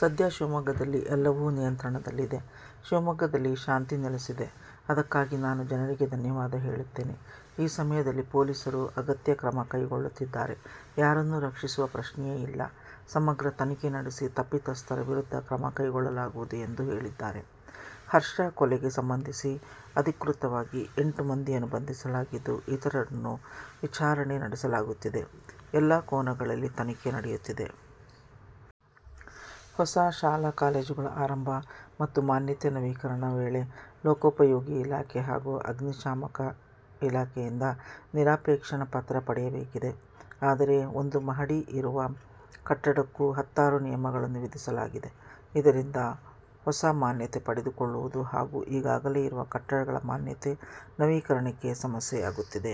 ಸದ್ಯ ಶಿವಮೊಗ್ಗದಲ್ಲಿ ಎಲ್ಲವೂ ನಿಯಂತ್ರಣದಲ್ಲಿದೆ, ಶಿವಮೊಗ್ಗದಲ್ಲಿ ಶಾಂತಿ ನೆಲೆಸಿದೆ. ಅದಕ್ಕಾಗಿ ನಾನು ಜನರಿಗೆ ಧನ್ಯವಾದ ಹೇಳುತ್ತೇನೆ. ಈ ಸಮಯದಲ್ಲಿ ಪೊಲೀಸರು ಅಗತ್ಯ ಕ್ರಮ ಕೈಗೊಳ್ಳುತ್ತಿದ್ದಾರೆ. ಯಾರನ್ನೂ ರಕ್ಷಿಸುವ ಪ್ರಶ್ನೆಯೇ ಇಲ್ಲ, ಸಮಗ್ರ ತನಿಖೆ ನಡೆಸಿ ತಪ್ಪಿತಸ್ಥರ ವಿರುದ್ಧ ಕ್ರಮ ಕೈಗೊಳ್ಳಲಾಗುವುದು ಎಂದು ಹೇಳಿದ್ದಾರೆ. ಹರ್ಷ ಕೊಲೆಗೆ ಸಂಬಂಧಿಸಿ ಅಧಿಕೃತವಾಗಿ ಎಂಟು ಮಂದಿಯನ್ನು ಬಂಧಿಸಲಾಗಿದ್ದು, ಇತರರನ್ನು ವಿಚಾರಣೆ ನಡೆಸಲಾಗುತ್ತಿದೆ, ಎಲ್ಲಾ ಕೋನಗಳಲ್ಲಿ ತನಿಖೆ ನಡೆಯುತ್ತಿದೆ. ಹೊಸ ಶಾಲಾ-ಕಾಲೇಜುಗಳ ಆರಂಭ ಮತ್ತು ಮಾನ್ಯತೆ ನವೀಕರಣ ವೇಳೆ ಲೋಕೋಪಯೋಗಿ ಇಲಾಖೆ ಹಾಗೂ ಅಗ್ನಿಶಾಮಕ ಇಲಾಖೆಯಿಂದ ನಿರಾಪೇಕ್ಷಣ ಪತ್ರ ಪಡೆಯಬೇಕಿದೆ. ಆದರೆ, ಒಂದು ಮಹಡಿ ಇರುವ ಕಟ್ಟಡಕ್ಕೂ ಹತ್ತಾರು ನಿಯಮಗಳನ್ನು ವಿಧಿಸಲಾಗಿದೆ. ಇದರಿಂದ ಹೊಸ ಮಾನ್ಯತೆ ಪಡೆದುಕೊಳ್ಳುವುದು ಹಾಗೂ ಈಗಾಗಲೇ ಇರುವ ಕಟ್ಟಡಗಳ ಮಾನ್ಯತೆ ನವೀಕರಣಕ್ಕೆ ಸಮಸ್ಯೆಯಾಗುತ್ತಿದೆ.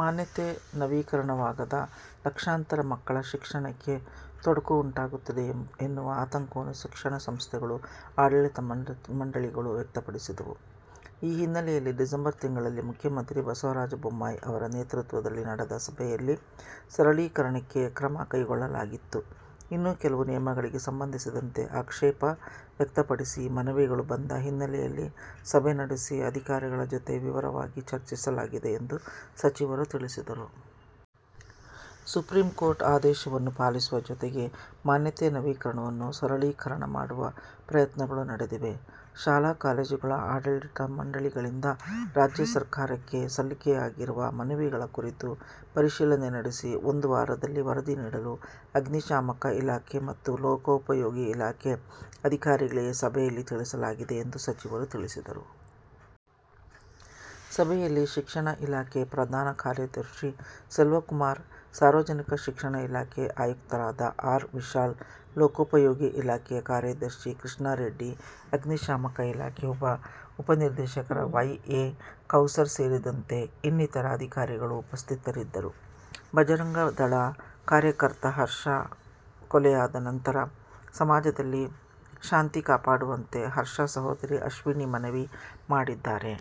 ಮಾನ್ಯತೆ ನವೀಕರಣವಾಗದೆ ಲಕ್ಷಾಂತರ ಮಕ್ಕಳ ಶಿಕ್ಷಣಕ್ಕೆ ತೊಡಕು ಉಂಟಾಗುತ್ತದೆ ಎನ್ನುವ ಆತಂಕವನ್ನು ಶಿಕ್ಷಣ ಸಂಸ್ಥೆಗಳು, ಆಡಳಿತ ಮಂಡಳಿಗಳು ವ್ಯಕ್ತಪಡಿಸಿದ್ದವು. ಈ ಹಿನ್ನೆಲೆಯಲ್ಲಿ ಡಿಸೆಂಬರ್ ತಿಂಗಳಲ್ಲಿ ಮುಖ್ಯಮಂತ್ರಿ ಬಸವರಾಜ ಬೊಮ್ಮಾಯಿ ಅವರ ನೇತೃತ್ವದಲ್ಲಿ ನಡೆದ ಸಭೆಯಲ್ಲಿ ಸರಳೀಕರಣಕ್ಕೆ ಕ್ರಮ ಕೈಗೊಳ್ಳಲಾಗಿತ್ತು. ಇನ್ನು ಕೆಲವು ನಿಯಮಗಳಿಗೆ ಸಂಬಂಧಿಸಿದಂತೆ ಆಕ್ಷೇಪ ವ್ಯಕ್ತಪಡಿಸಿ ಮನವಿಗಳು ಬಂದ ಹಿನ್ನೆಲೆಯಲ್ಲಿ ಸಭೆ ನಡೆಸಿ ಅಧಿಕಾರಿಗಳ ಜೊತೆ ವಿವರವಾಗಿ ಚರ್ಚಿಸಲಾಗಿದೆ ಎಂದು ಸಚಿವರು ತಿಳಿಸಿದರು. 'ಸುಪ್ರೀಂಕೋರ್ಟ್ ಆದೇಶವನ್ನು ಪಾಲಿಸುವ ಜೊತೆಗೆ ಮಾನ್ಯತೆ ನವೀಕರಣವನ್ನು ಸರಳೀಕರಣ ಮಾಡುವ ಪ್ರಯತ್ನಗಳು ನಡೆದಿವೆ. ಶಾಲಾ-ಕಾಲೇಜುಗಳ ಆಡಳಿತ ಮಂಡಳಿಗಳಿಂದ ರಾಜ್ಯ ಸರ್ಕಾರಕ್ಕೆ ಸಲ್ಲಿಕೆಯಾಗಿರುವ ಮನವಿಗಳ ಕುರಿತು ಪರಿಶೀಲನೆ ನಡೆಸಿ ಒಂದು ವಾರದಲ್ಲಿ ವರದಿ ನೀಡಲು ಅಗ್ನಿಶಾಮಕ ಇಲಾಖೆ ಮತ್ತು ಲೋಕೋಪಯೋಗಿ ಇಲಾಖೆ ಅಧಿಕಾರಿಗಳಿಗೆ ಸಭೆಯಲ್ಲಿ ತಿಳಿಸಲಾಗಿದೆ' ಎಂದು ಸಚಿವರು ತಿಳಿಸಿದರು. ಸಭೆಯಲ್ಲಿ ಶಿಕ್ಷಣ ಇಲಾಖೆ ಪ್ರಧಾನ ಕಾರ್ಯದರ್ಶಿ ಸೆಲ್ವಕುಮಾರ್, ಸಾರ್ವಜನಿಕ ಶಿಕ್ಷಣ ಇಲಾಖೆ ಆಯುಕ್ತರಾದ ಆರ್. ವಿಶಾಲ್, ಲೋಕೋಪಯೋಗಿ ಇಲಾಖೆ ಕಾರ್ಯದರ್ಶಿ ಕೃಷ್ಣಾರೆಡ್ಡಿ, ಅಗ್ನಿಶಾಮಕ ಇಲಾಖೆ ಉಪ ನಿರ್ದೇಶಕ ವೈ. ಎ. ಕೌಸರ್ ಸೇರಿದಂತೆ ಇನ್ನಿತರ ಅಧಿಕಾರಿಗಳು ಉಪಸ್ಥಿತರಿದ್ದರು. ಬಜರಂಗದಳ ಕಾರ್ಯಕರ್ತ ಹರ್ಷ ಕೊಲೆಯಾದ ನಂತರ ಸಮಾಜದಲ್ಲಿ ಶಾಂತಿ ಕಾಪಾಡುವಂತೆ ಹರ್ಷ ಸಹೋದರಿ ಅಶ್ವಿನಿ ಮನವಿ ಮಾಡಿದ್ದಾರೆ.